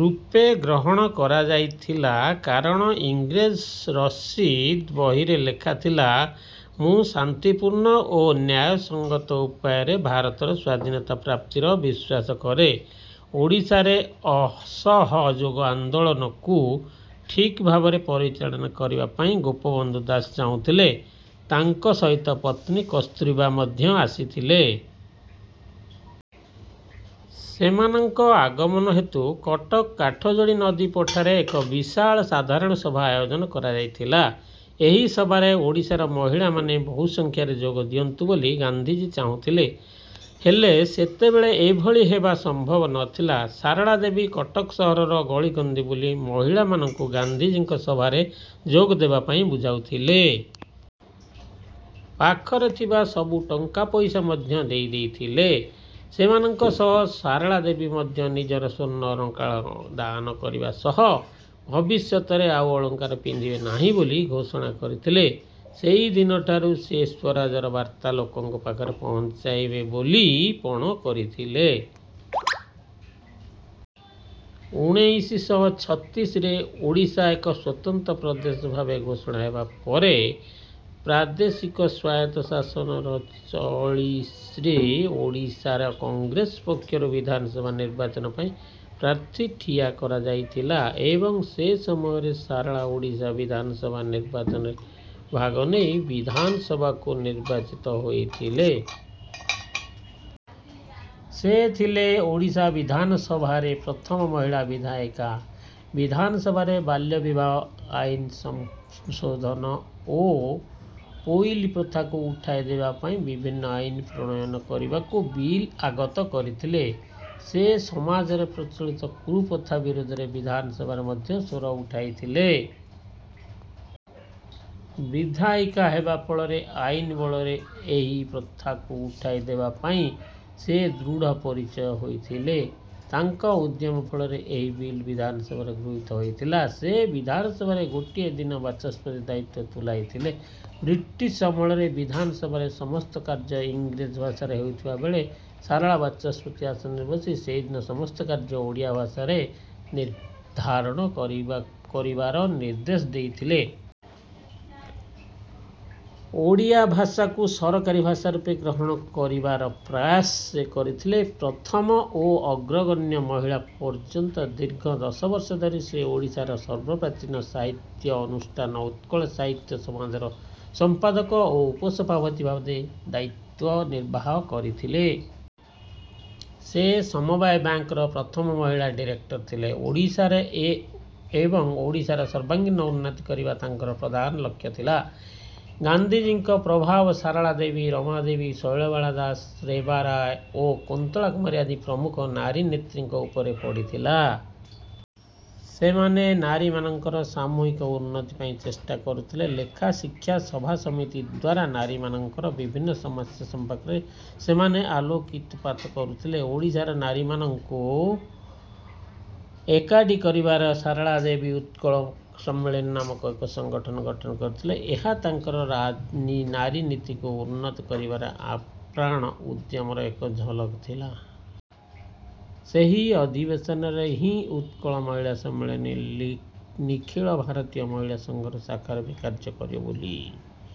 ରୂପେ ଗ୍ରହଣ କରାଯାଉଥିଲା। କାରଣ କଂଗ୍ରେସ ରସିଦ୍ ବହିରେ ଲେଖା ଥିଲା ମୁଁ ଶାନ୍ତି ପୂର୍ଣ୍ଣ ଓ ନ୍ୟାୟ ସଂଗତ ଉପାୟରେ ଭାରତର ସ୍ୱାଧୀନତା ପ୍ରାପ୍ତିରେ ବିଶ୍ୱାସ କରେ। ଓଡ଼ିଶାରେ ଅସହଯୋଗ ଆନ୍ଦୋଳନକୁ ଠିକ୍ ଭାବରେ ପରିଚାଳନା କରିବା ପାଇଁ ଗୋପବନ୍ଧୁ ଦାସ ଚାହୁଁଥିଲେ। ତାଙ୍କ ସହିତ ପତ୍ନୀ କସ୍ତୁରବା ମଧ୍ୟ ଆସିଥିଲେ। ସେମାନଙ୍କ ଆଗମନ ହେତୁ କଟକ କାଠଯୋଡ଼ି ନଦୀ ପଠାରେ ଏକ ବିଶାଳ ସାଧାରଣ ସଭାର ଆୟୋଜନ କରାଯାଇଥିଲା। ଏହି ସଭାରେ ଓଡ଼ିଶାର ମହିଳା ମାନେ ବହୁ ସଂଖ୍ୟାରେ ଯୋଗ ଦିଅନ୍ତୁ ବୋଲି ଗାନ୍ଧିଜୀ ଚାହୁଁଥିଲେ। ହେଲେ ସେତେବେଳେ ଏଭଳି ହେବା ସମ୍ଭବ ନଥିଲା। ସରଳା ଦେବୀ କଟକ ସହରର ଗଳିକନ୍ଦି ବୁଲି ମହିଳାମାନଙ୍କୁ ଗାନ୍ଧିଜୀଙ୍କ ସଭାରେ ଯୋଗ ଦେବାପାଇଁ ବୁଝାଇଥିଲେ। ପାଖରେ ଥିବା ସବୁ ଟଙ୍କା ପଇସା ମଧ୍ୟ ଦେଇଦେଇଥିଲେ। ସେମାନଙ୍କ ସହ ସରଳାଦେବୀ ମଧ୍ୟ ନିଜର ସ୍ୱର୍ଣ୍ଣ ଅଳଙ୍କାର ଦାନ କରିବା ସହ ଭବିଷ୍ୟତରେ ଆଉ ଅଳଙ୍କାର ପିନ୍ଧିବେ ନାହିଁ ବୋଲି ଘୋଷଣା କରିଥିଲେ। ସେହିଦିନଠାରୁ ସେ ସ୍ୱରାଜର ବାର୍ତ୍ତା ଲୋକଙ୍କ ପାଖରେ ପହଞ୍ଚାଇବେ ବୋଲି ପଣ କରିଥିଲେ। ଉଣେଇଶି ଶହ ଛତିଶରେ ଓଡ଼ିଶା ଏକ ସ୍ୱତନ୍ତ୍ର ପ୍ରଦେଶ ଭାବେ ଘୋଷଣା ହେବାପରେ ପ୍ରାଦେଶିକ ସ୍ୱାୟତ୍ତ ଶାସନର ଚଳଣିରେ ଓଡ଼ିଶାରେ କଂଗ୍ରେସ ପକ୍ଷରୁ ବିଧାନ ସଭା ନିର୍ବାଚନ ପାଇଁ ପ୍ରାର୍ଥୀ ଠିଆ କରାଯାଇଥିଲା। ଏବଂ ସେସମୟରେ ସରଳା ଓଡ଼ିଶା ବିଧାନ ସଭା ନିର୍ବାଚନରେ ଭାଗ ନେଇ ବିଧାନ ସଭାକୁ ନିର୍ବାଚିତ ହେଇଥିଲେ। ସେ ଥିଲେ ଓଡ଼ିଶା ବିଧାନ ସଭାରେ ପ୍ରଥମ ମହିଳା ବିଧାୟିକା। ବିଧାନ ସଭାରେ ବାଲ୍ୟ ବିବାହ ଆଇନ୍ର ସଂଶୋଧନ ଓ ପୋଇଲି ପ୍ରଥାକୁ ଉଠାଇ ଦେବା ପାଇଁ ବିଭିନ୍ନ ଆଇନ୍ ପ୍ରଣୟନ କରିବାକୁ ବିଲ୍ ଆଗତ କରିଥିଲେ। ସେ ସମାଜରେ ପ୍ରଚଳିତ କୁପ୍ରଥା ବିରୋଧରେ ବିଧାନ ସଭାରେ ମଧ୍ୟ ସ୍ୱର ଉଠାଇଥିଲେ। ବିଧାୟିକା ହେବା ଫଳରେ ଆଇନ୍ ବଳରେ ଏହି ପ୍ରଥାରକୁ ଉଠାଇ ଦେବା ପାଇଁ ସେ ଦୃଢ଼ ପରିକର ହୋଇଥିଲେ। ତାଙ୍କ ଉଦ୍ୟମ ଫଳରେ ଏହି ବିଲ୍ ବିଧାନ ସଭାରେ ଗୃହୀତ ହୋଇଥିଲା। ସେ ବିଧାନ ସଭାରେ ଗୋଟିଏ ଦିନ ବାଚସ୍ପତି ଦାୟିତ୍ୱ ତୁଲାଇଥିଲେ। ବ୍ରିଟିଶ୍ ଆମଳରେ ବିଧାନ ସଭାରେ ସମସ୍ତ କାର୍ଯ୍ୟ ଇଂରାଜୀ ଭାଷାରେ ହେଉଥିବା ବେଳେ, ସରଳା ବାଚସ୍ପତି ଆସନରେ ବସି ସେଦିନର ସମସ୍ତ କାର୍ଯ୍ୟ ଓଡ଼ିଆ ଭାଷାରେ ନିର୍ଧାରଣ କରିବାର ନିର୍ଦ୍ଦେଶ ଦେଇଥିଲେ। ଓଡ଼ିଆ ଭାଷାକୁ ସରକାରୀ ଭାଷା ରୂପେ ଗ୍ରହଣ କରିବାର ପ୍ରୟାସରେ ସେ ଥିଲେ ପ୍ରଥମ ଓ ଅଗ୍ରଗଣ୍ୟ ମହିଳା। ପର୍ଯ୍ୟନ୍ତ ଦୀର୍ଘ ଦଶବର୍ଷ ଧରି ସେ ଓଡ଼ିଶାର ସର୍ବପ୍ରାଚୀନ ସାହିତ୍ୟ ଅନୁଷ୍ଠାନ ଉତ୍କଳ ସାହିତ୍ୟ ସମାଜର ସମ୍ପାଦକ ଓ ଉପସଭାପତି ଭାବେ ଦାୟିତ୍ୱ ନିର୍ବାହ କରିଥିଲେ। ସେ ସମବାୟ ବ୍ୟାଙ୍କର ପ୍ରଥମ ମହିଳା ଡିରେକ୍ଟର ଥିଲେ। ଓଡ଼ିଆର ଏବଂ ଓଡ଼ିଶାର ସର୍ବାଙ୍ଗୀନ ଉନ୍ନତି କରିବା ତାଙ୍କର ପ୍ରଧାନ ଲକ୍ଷ୍ୟ ଥିଲା। ଗାନ୍ଧିଜୀଙ୍କ ପ୍ରଭାବ ସରଳା ଦେବୀ, ରମା ଦେବୀ, ଶୈଳବାଳା ଦାସ, ରେବା ରାୟ ଓ କୁନ୍ତଳା କୁମାରୀ ଆଦି ପ୍ରମୁଖ ନାରୀନେତ୍ରୀଙ୍କ ଉପରେ ପଡ଼ିଥିଲା। ସେମାନେ ନାରୀମାନଙ୍କର ସାମୂହିକ ଉନ୍ନତି ପାଇଁ ଚେଷ୍ଟା କରୁଥିଲେ। ଲେଖା, ଶିକ୍ଷା ଓ ସଭାସମିତିଦ୍ୱାରା ନାରୀମାନଙ୍କର ବିଭିନ୍ନ ସମସ୍ୟା ସମ୍ପର୍କରେ ସେମାନେ ଆଲୋକପାତ କରୁଥିଲେ। ଓଡ଼ିଶାର ନାରୀମାନଙ୍କୁ ଏକାଠି କରିବାପାଇଁ ସରଳା ଦେବୀ ଉତ୍କଳ ମହିଳା ସମ୍ମିଳନୀ ନାମକ ସଂଗଠନ ଗଠନ କରିଥିଲେ। ଏହା ତାଙ୍କର ନାରୀଜାତିକୁ ଉନ୍ନତ କରିବାର ଆପ୍ରାଣ ଉଦ୍ୟମର ଏକ ଝଲକ ଥିଲା। ସେହି ଅଧିବେଶନରେ ହିଁ ଉତ୍କଳ ମହିଳା ସମ୍ମିଳନୀ, ନିଖିଳ ଭାରତୀୟ ମହିଳା ସଂଘର ଶାଖା ରୂପେ କାର୍ଯ୍ୟ କରିବ ବୋଲି